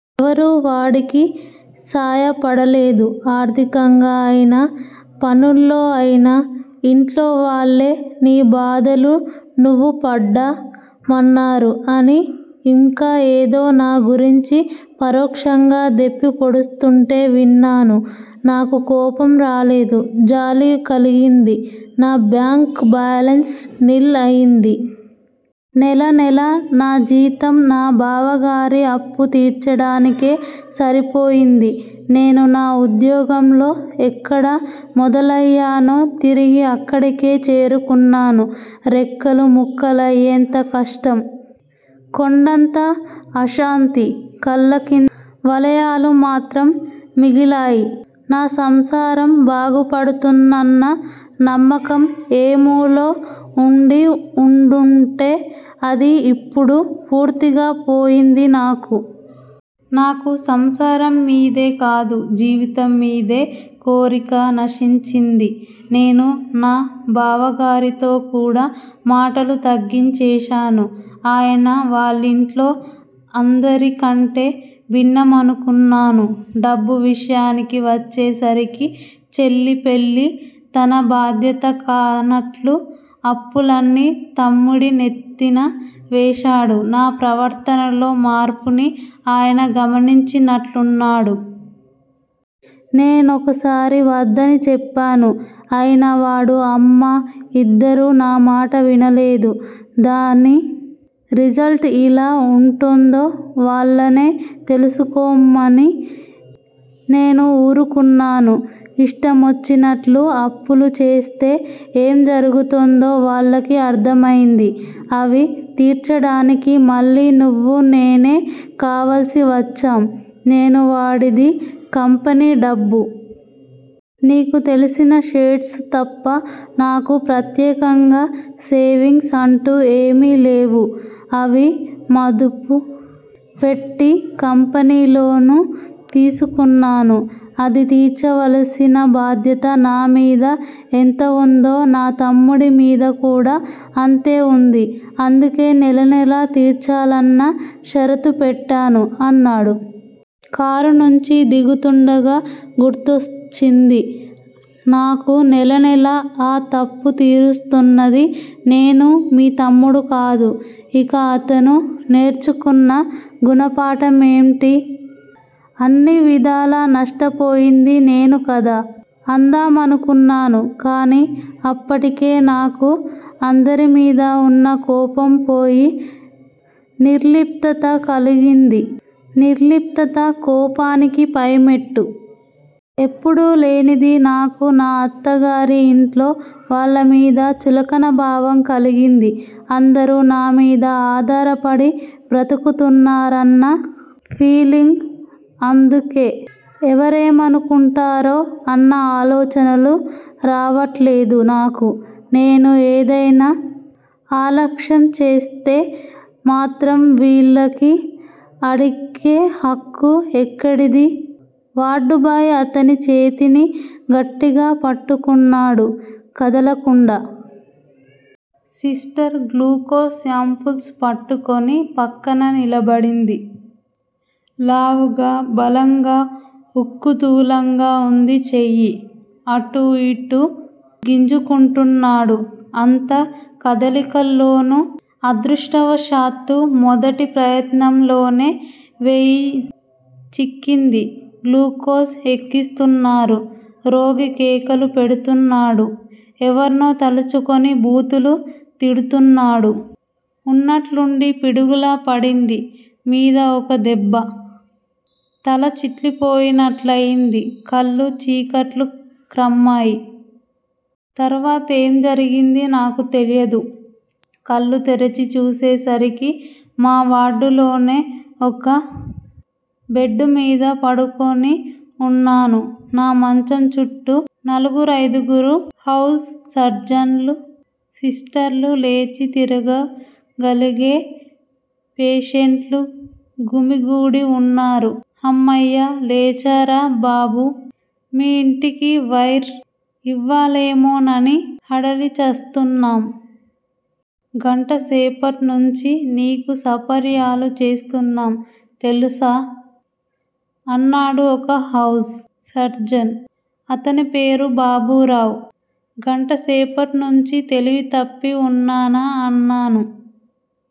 ఎవరూ వాడికి సాయపడలేదు. ఆర్థికంగా అయినా, పనుల్లో అయినా ఇంట్లో వాళ్ళే 'నీ బాధలు నువ్వు పడ్డ మన్నారు అని ఇంకా ఏదో నా గురించి పరోక్షంగా దెప్పి పొడుస్తుంటే విన్నాను. నాకు కోపం రాలేదు. జాలి కలిగింది. నా బ్యాంక్ బ్యాలెన్స్ నిల్ అయ్యింది. నెల నెలా నా జీతం నా బావగారి అప్పు తీర్చడానికే సరిపోయింది. నేను నా ఉద్యోగంలో ఎక్కడ మొదలయ్యానో తిరిగి అక్కడికే చేరుకున్నాను. రెక్కలు ముక్కలయ్యేంత కష్టం. కొండంత అశాంతి, కళ్ళకిం వలయాలు మాత్రం మిగిలాయి. నా సంసారం బాగుపడుతుందన్న నమ్మకం ఏమూలో వుండి వుండుంటే అది ఇప్పుడు పూర్తిగా పోయింది నాకు. నాకు సంసారం మీదే కాదు, జీవితం మీదే కోరిక నశించింది. నేను నా బావగారితో కూడా మాటలు తగ్గించేశాను. ఆయన వాళ్ళింట్లో అందరికంటే భిన్నమనుకున్నాను. డబ్బు విషయానికి వచ్చేసరికి చెల్లి పెళ్ళి తన బాధ్యత కానట్లు అప్పులన్నీ తమ్ముడి నెత్తిన వేశాడు. నా ప్రవర్తనలో మార్పుని ఆయన గమనించినట్టున్నాడు. నేనొకసారి వద్దని చెప్పాను. అయినా వాడు, అమ్మ, ఇద్దరూ నా మాట వినలేదు. దాని రిజల్టు ఇలా వుంటుందో వాళ్ళనే తెలుసుక్కో మని నేనూ వూరుకున్నాను. ఇష్టమొచ్చినట్లు అప్పులు చేస్తే ఏం జరుగుతుందో వాళ్ళకి అర్థమైంది. అవి తీర్చడానికి మళ్ళీ నువ్వు, నేనే కావలసి వచ్చాం. నేను వాడికి కంపెనీ డబ్బు. నీకు తెల్సిన 'షేర్స్' తప్ప నాకు ప్రత్యేకంగా సేవింగ్స్ అంటూ ఏమీలేవు. అవి మదుపు పెట్టి కంపెనీ లోన్ తీసుకున్నాను. అది తీర్చవలసిన బాధ్యత నా మీద ఎంత వుందో, నా తమ్ముడి మీద కూడా అంతేవుంది. అందుకే నెలనెలా తీర్చాలన్న షరతు పెట్టాను అన్నాడు. కారునుంచి దిగుతుండగా గుర్తొచ్చింది నాకు. నెల నెలా ఆ తప్పు తీరుస్తున్నది నేను. మీ తమ్ముడు కాదు. ఇక అతను నేర్చుకున్న గుణపాఠమేంటి? అన్ని విధాలా నష్టపోయింది నేను కదా! అందామనుకున్నాను కానీ అప్పటికే నాకు అందరిమీదా వున్న కోపం పోయి నిర్లిప్తత కలిగింది. నిర్లిప్తత కోపానికి పైమెట్టు. ఎప్పుడూ లేనిది నాకు నా అత్తగారి ఇంట్లో వాళ్ళమీద చులకనభావం కలిగింది. అందరూ నా మీద ఆధారపడి బ్రతుకుతున్నారన్న ఫీలింగ్. అందుకే ఎవరేమనుకుంటారో అన్న ఆలోచనలు రావట్లేదు నాకు. నేను ఏదైనా అలక్ష్యంచేస్తే మాత్రం వీళ్ళకి అడిగే హక్కు ఎక్కడిది? వార్డుబాయ్ అతని చేతిని గట్టిగా పట్టుకున్నాడు, కదలకుండా. సిస్టర్ గ్లూకోజ్ శాంపుల్స్ పట్టుకుని పక్కన నిలబడింది. లావుగా, బలంగా, ఉక్కు దూలంగా వుంది చెయ్యి. అటూ యిటూ గింజుకుంటున్నాడు. అంత కదిలికలోనూ అదృష్టవశాత్తూ మొదటి ప్రయత్నంలోనే వెయి చిక్కింది. గ్లూకోజ్ ఎక్కిస్తున్నారు. రోగి కేకలు పెడుతున్నాడు. ఎవర్నో తలుచుకుని బూతులు తిడుతున్నాడు. ఉన్నట్లుండి పిడుగులా పడింది మీద ఒక దెబ్బ, తల చిట్లిపోయి నట్లయింది, కళ్ళు చీకట్లు క్రమ్మాయి. తర్వాతేం జరిగిందీ నాకు తెలియదు. కళ్ళు తెరచి చూసేసరికి మా వార్డులోనే ఒక బెడ్ మీద పడుకుని వున్నాను. నా మంచం చుట్టూ నలుగురయిదుగురు హౌస్ సర్జన్లూ, సిస్టర్లూ, లేచి తిరగ గలిగే పేషెంట్లూ గుమిగూడి వున్నారు. హమ్మయ్య! లేచారా బాబూ! మీ యింటికి వైర్ ఇవ్వాలేమోనని హడలి చస్తున్నాం. గంటసేపట్నుంచీ నీకు సపర్యాలు చేస్తున్నాం, తెలుసా? అన్నాడు ఒక హౌస్ సర్జన్. అతని పేరు బాబూరావు. గంటసేపట్నుంచీ తెలివి తప్పి వున్నానా? అన్నాను,